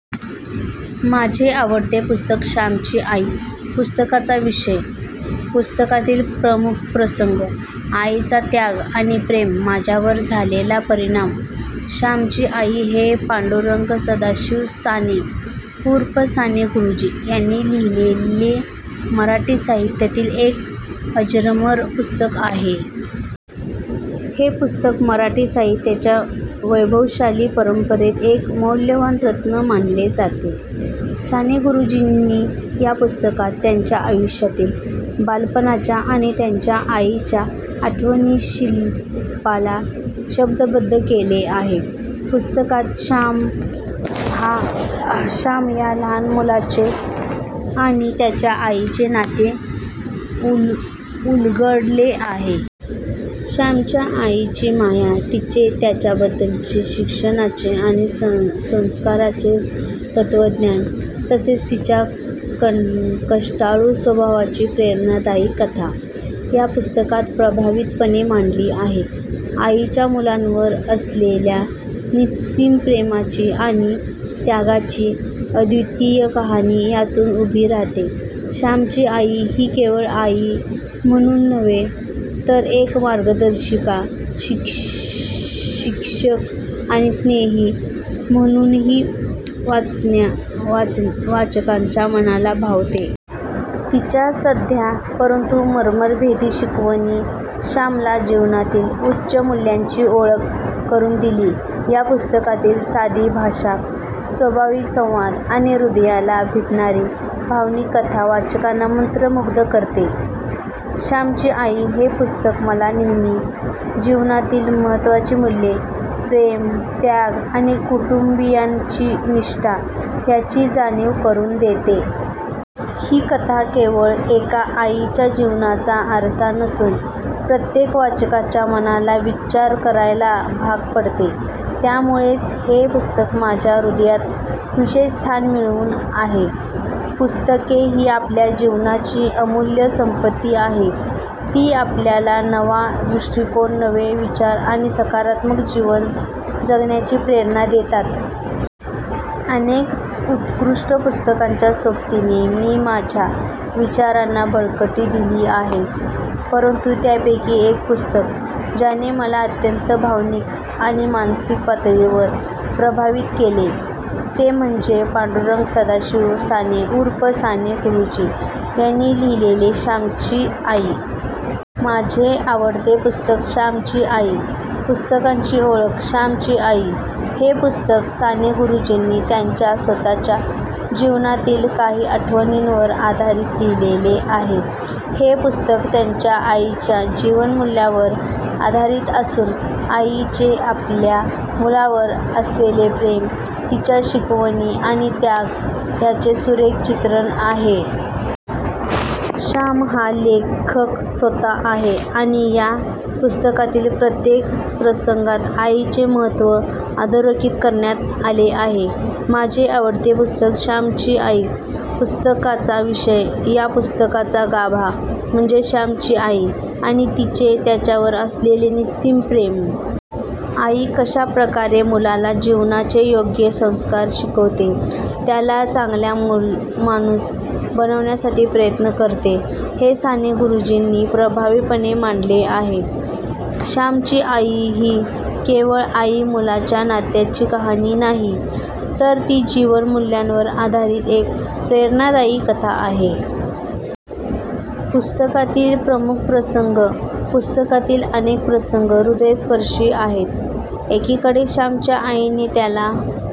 माझे आवडते पुस्तक श्यामची आई, पुस्तकाचा विषय, पुस्तकातील प्रमुख प्रसंग, आईचा त्याग आणि प्रेम, माझ्यावर झालेला परिणाम. श्यामची आई हे पांडुरंग सदाशिव साने, उर्फ साने गुरुजी यांनी लिहिलेले मराठी साहित्यातील एक अजरामर पुस्तक आहे. हे पुस्तक मराठी साहित्याच्या वैभवशाली परंपरेत एक मौल्यवान रत्न मानले जाते. साने गुरुजींनी या पुस्तकात त्यांच्या आयुष्यातील बालपणाच्या आणि त्यांच्या आईच्या आठवणीशिल्पाला शब्दबद्ध केले आहे. पुस्तकात श्याम या लहान मुलाचे आणि त्याच्या आईचे नाते उलगडले आहे. श्यामच्या आईची माया, तिचे त्याच्याबद्दलचे शिक्षणाचे आणि संस्कारांचे तत्त्वज्ञान, तसेच तिच्या कष्टाळू स्वभावाची प्रेरणादायी कथा या पुस्तकात प्रभावीपणे मांडली आहे. आईच्या मुलांवर असलेल्या निस्सीम प्रेमाची आणि त्यागाची अद्वितीय कहाणी यातून उभी राहते. श्यामची आई ही केवळ आई म्हणून नव्हे, तर एक मार्गदर्शिका, शिक्षक आणि स्नेही म्हणूनही वाचकांच्या मनाला भावते. तिच्या साध्या परंतु मर्मभेदी शिकवणींनी श्यामला जीवनातील उच्च मूल्यांची ओळख करून दिली. या पुस्तकातील साधी भाषा, स्वाभाविक संवाद आणि हृदयाला भिडणारी भावनिक कथा वाचकांना मंत्रमुग्ध करते. श्यामची आई हे पुस्तक मला नेहमी जीवनातील महत्त्वाची मूल्ये, प्रेम, त्याग आणि कुटुंबीयांबद्दलची निष्ठा यांची जाणीव करून देते. ही कथा केवळ एका आईच्या जीवनाचा आरसा नसून प्रत्येक वाचकाच्या मनाला विचार करायला भाग पाडते. त्यामुळेच हे पुस्तक माझ्या हृदयात विशेष स्थान मिळवून आहे. पुस्तके ही आपल्या जीवनाची अमूल्य संपत्ती आहेत. ती आपल्याला नवा दृष्टिकोन, नवे विचार आणि सकारात्मक जीवन जगण्याची प्रेरणा देतात. अनेक उत्कृष्ट पुस्तकांच्या सोबतीने मी माझ्या विचारांना बळकटी दिली आहे. परंतु त्यापैकी एक पुस्तक, ज्याने मला अत्यंत भावनिक आणि मानसिक पातळीवर प्रभावित केले, ते म्हणजे पांडुरंग सदाशिव साने ऊर्फ साने गुरुजी यांनी लिहिलेले श्यामची आई. माझे आवडते पुस्तक श्यामची आई, पुस्तकाची ओळख, श्यामची आई हे पुस्तक साने गुरुजींनी त्यांच्या स्वतःच्या जीवनातील काही आठवणींवर आधारित लिहिले आहे. हे पुस्तक त्यांच्या आईच्या जीवनमूल्यांवर आधारित असून, आईचे आपल्या मुलावर असलेले प्रेम, तिच्या शिकवणी आणि त्याग यांचे सुरेख चित्रण आहे. श्याम हा लेखक स्वतःच आहे आणि या पुस्तकातील प्रत्येक प्रसंगात आईचे महत्त्व अधोरेखित करण्यात आले आहे. माझे आवडते पुस्तक श्यामची आई, पुस्तकाचा विषय, या पुस्तकाचा गाभा म्हणजे श्यामची आई आणि तिचे त्याच्यावर असलेले निस्सीम प्रेम. आई कशा प्रकारे मुलाला जीवनाचे योग्य संस्कार शिकवते, त्याला चांगला माणूस बनवण्यासाठी प्रयत्न करते, हे साने गुरुजींनी प्रभावीपणे मांडले आहे. श्यामची आई ही केवळ आई-मुलाच्या नात्याची कहाणी नाही, तर ती जीवनमूल्यांवर आधारित एक प्रेरणादायी कथा आहे. पुस्तकातील प्रमुख प्रसंग, पुस्तकातील अनेक प्रसंग हृदयस्पर्शी आहेत. एकीकडे श्यामच्या आईने त्याला